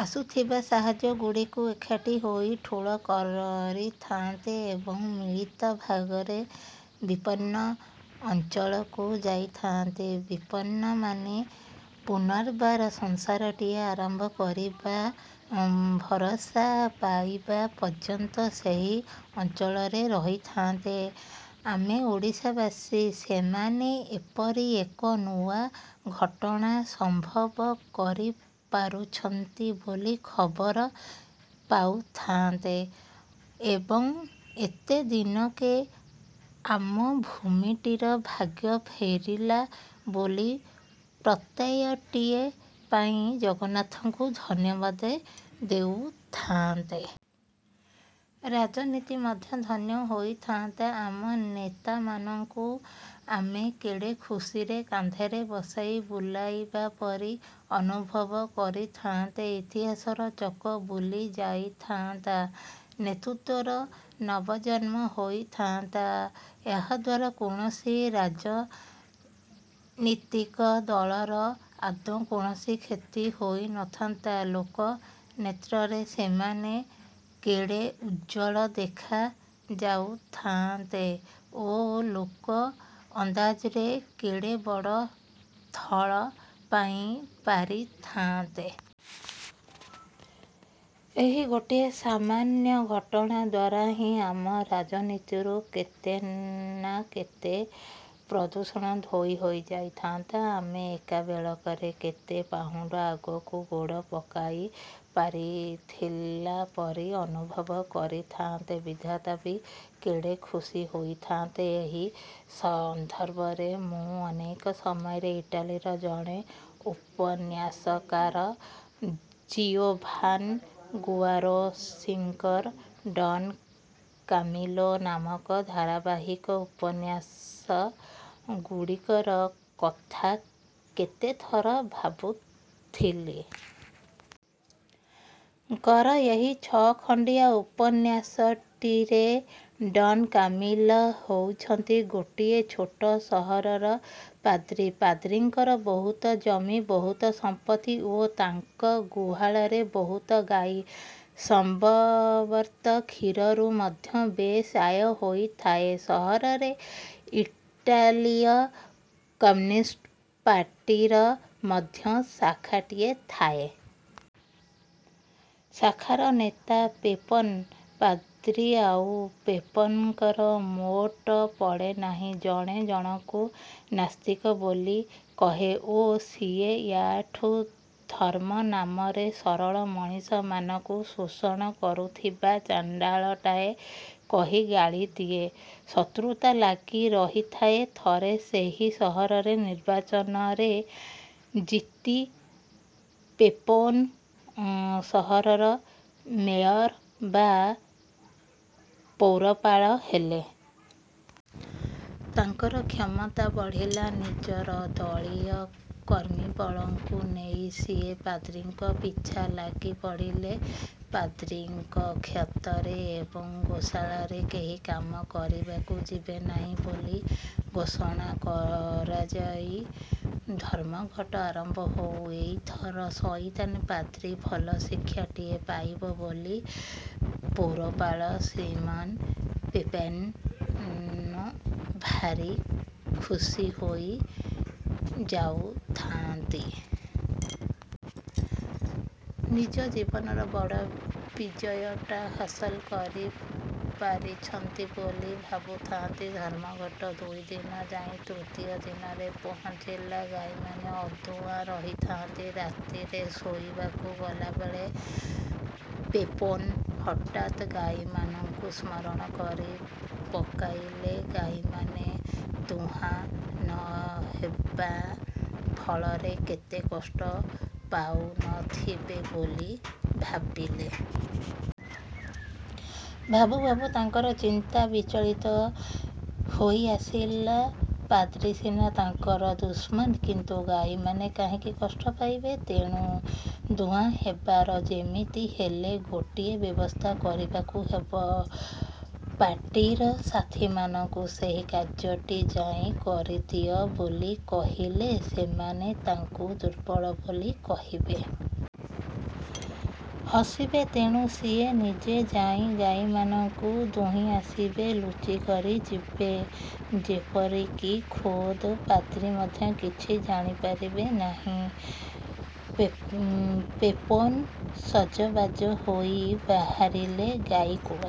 ଆସୁଥିବା ସାହାଯ୍ୟଗୁଡ଼ିକୁ ଏକାଠି ହୋଇ ଠୁଳ କରିଥାନ୍ତେ ଏବଂ ମିଳିତ ଭାବରେ ବିପନ୍ନ ଅଂଚଳକୁ ଯାଇଥାନ୍ତେ। ବିପନ୍ନମାନେ ପୁନର୍ବାର ସଂସାରଟିଏ ଆରମ୍ଭ କରିବାର ଭରସା ପାଇବା ପର୍ଯ୍ୟନ୍ତ ସେହି ଅଂଚଳରେ ରହିଥାନ୍ତେ। ଆମେ ଓଡ଼ିଶାବାସୀ ସେମାନେ ଏପରି ଏକ ନୂଆ ଘଟଣା ସମ୍ଭବ କରିପାରୁଛନ୍ତି ବୋଲି ଖବର ପାଉଥାନ୍ତେ ଏବଂ ଏତେ ଦିନକେ ଆମ ଭୂମିଟିର ଭାଗ୍ୟ ଫେରିଲା ବୋଲି ପ୍ରତ୍ୟୟଟିଏ ପାଇ ଜଗନ୍ନାଥଙ୍କୁ ଧନ୍ୟବାଦ ଦେଉଥାନ୍ତେ। ରାଜନୀତି ମଧ୍ୟ ଧନ୍ୟ ହୋଇଥାନ୍ତା। ଆମ ନେତାମାନଙ୍କୁ ଆମେ କେଡ଼େ ଖୁସିରେ କାନ୍ଧରେ ବସାଇ ବୁଲିବା ପରି ଅନୁଭବ କରିଥାନ୍ତେ। ଇତିହାସର ଚକ ବୁଲି ଯାଇଥାନ୍ତା। ନେତୃତ୍ଵର ନବଜନ୍ମ ହୋଇଥାନ୍ତା। ଏହାଦ୍ୱାରା କୌଣସି ରାଜନୀତିକ ଦଳର ଆଦୌ କୌଣସି କ୍ଷତି ହୋଇନଥାନ୍ତା। ଲୋକନେତ୍ରରେ ସେମାନେ କେଡ଼େ ଉଜ୍ଜ୍ୱଳ ଦେଖା ଯାଇଥାନ୍ତେ ଓ ଲୋକ ଅନ୍ଦାଜରେ କେଡ଼େ ବଡ଼ ଥଳ ପାଇ ପାରିଥାନ୍ତେ। ଏହି ଗୋଟିଏ ସାମାନ୍ୟ ଘଟଣା ଦ୍ୱାରା ହିଁ ଆମ ରାଜନୀତିରୁ କେତେ ନା କେତେ ପ୍ରଦୂଷଣ ଧୋଇ ହୋଇଯାଇଥାନ୍ତା। ଆମେ ଏକାବେଳେକେ କେତେ ପାହୁଣ୍ଡ ଆଗକୁ ଗୋଡ଼ ପକାଇ ପାରିଥିଲା ପରି ଅନୁଭବ କରିଥାନ୍ତେ। ବିଧାତା ବି କେଡ଼େ ଖୁସୀ ହୋଇଥାଆନ୍ତେ। ଏହି ସନ୍ଦର୍ଭରେ ମୁଁ ଅନେକ ସମୟରେ ଇଟାଲୀର ଜଣେ ଉପନ୍ୟାସକାର ଜିଓଭାନି ଗୁଆରେଶିଙ୍କର ଡ଼ନ୍ କାମିଲୋ ନାମକ ଧାରାବାହିକ ଉପନ୍ୟାସ ଗୁଡ଼ିକର କଥା କେତେଥର ଭାବୁଥିଲି। ଙ୍କର ଏହି ଛଅଖଣ୍ଡିଆ ଉପନ୍ୟାସଟିରେ ଡ଼ନ୍ କାମିଲୋ ହେଉଛନ୍ତି ଗୋଟିଏ ଛୋଟ ସହରର ପାଦ୍ରୀ। ପାଦ୍ରୀଙ୍କର ବହୁତ ଜମି, ବହୁତ ସମ୍ପତ୍ତି ଓ ତାଙ୍କ ଗୁହାଳରେ ବହୁତ ଗାଈ। ସମ୍ଭବତଃ କ୍ଷୀରରୁ ମଧ୍ୟ ବେଶ୍ ଆୟ ହେଉଥିଲା। ସହରରେ ଇଟାଲୀୟ କମ୍ୟୁନିଷ୍ଟ ପାର୍ଟିର ମଧ୍ୟ ଶାଖାଟିଏ ଥାଏ। ଶାଖାର ନେତା ପେପୋନେ। ପାଦ୍ରୀ ଆଉ ପେପୋନେଙ୍କର ମୋଟେ ପଡ଼େନାହିଁ। ଜଣେ ଜଣକୁ ନାସ୍ତିକ ବୋଲି କହେ ଓ ସିଏ ୟାଙ୍କୁ ଧର୍ମ ନାମରେ ସରଳ ମଣିଷମାନଙ୍କୁ ଶୋଷଣ କରୁଥିବା ଚଣ୍ଡାଳଟାଏ କହି ଗାଳିଦିଏ। ଶତ୍ରୁତା ଲାଗି ରହିଥାଏ। ଥରେ ସେହି ସହରରେ ନିର୍ବାଚନରେ ଜିତି ପେପୋନେ ସହରର ମେୟର ବା ପୌରପାଳ ହେଲେ। ତାଙ୍କର କ୍ଷମତା ବଢ଼ିଲା। ନିଜର ଦଳୀୟ କର୍ମୀବଳଙ୍କୁ ନେଇ ସିଏ ପାଦ୍ରୀଙ୍କ ପିଛା ଲାଗି ପଡ଼ିଲେ। ପାଦ୍ରୀଙ୍କ କ୍ଷେତରେ ଏବଂ ଗୋଶାଳରେ କେହି କାମ କରିବାକୁ ଯିବେ ନାହିଁ ବୋଲି ଘୋଷଣା କରାଯାଇ ଧର୍ମଘଟ ଆରମ୍ଭ ହେଲା। ଏଇଥର ସଇତାନ ପାଦ୍ରୀ ଭଲ ଶିକ୍ଷାଟିଏ ପାଇବ ବୋଲି ପୌରପାଳ ଶ୍ରୀମାନ୍ ପେପୋନେ ଭାରି ଖୁସି ହୋଇ ଯାଉଥାଆନ୍ତି। ନିଜ ଜୀବନର ବଡ଼ ବିଜୟଟା ହାସଲ କରି ପାରିଛନ୍ତି ବୋଲି ଭାବୁଥାନ୍ତି। ଧର୍ମଘଟ ଦୁଇଦିନ ଯାଇ ତୃତୀୟ ଦିନରେ ପହଞ୍ଚିଲା। ଗାଈମାନେ ଅଦୁହାଁ ରହିଥାନ୍ତି। ରାତିରେ ଶୋଇବାକୁ ଗଲାବେଳେ ପେପୋନେ ହଠାତ୍ ଗାଈମାନଙ୍କୁ ସ୍ମରଣ କରି। ପକାଇଲେ। ଗାଈମାନେ ଦୁହାଁ ନହେବା ଫଳରେ କେତେ କଷ୍ଟ ପାଉନଥିବେ ବୋଲି ଭାବିଲେ। ଭାବୁ ଭାବୁ ତାଙ୍କର ଚିତ୍ତ ବିଚଳିତ ହୋଇ ଆସିଲା। ପାଦ୍ରୀସିନା ତାଙ୍କର ଦୁଶ୍ମନ, କିନ୍ତୁ ଗାଈମାନେ କାହିଁକି କଷ୍ଟ ପାଇବେ? ତେଣୁ ଦୁହାଁ ହେବାର ଯେମିତି ହେଲେ ଗୋଟିଏ ବ୍ୟବସ୍ଥା କରିବାକୁ ହେବ। ପାର୍ଟିର ସାଥୀମାନଙ୍କୁ ସେହି କାର୍ଯ୍ୟଟି ଯାଇ କରିଦିଅ ବୋଲି କହିଲେ ସେମାନେ ତାଙ୍କୁ ଦୁର୍ବଳ ବୋଲି କହିବେ। ହସିବେ। ତେଣୁ ସିଏ ନିଜେ ଯାଇ ଗାଈମାନଙ୍କୁ ଦୁହିଁ ଆସିବେ। ଲୁଚିକରି ଯିବେ। ଯେପରିକି ଖୋଦ୍ ପାଦ୍ରୀ ମଧ୍ୟ କିଛି ଜାଣିପାରିବେ ନାହିଁ। ପେପୋନେ ସଜବାଜ ହୋଇ ବାହାରିଲେ। ଗାଈକୁଳ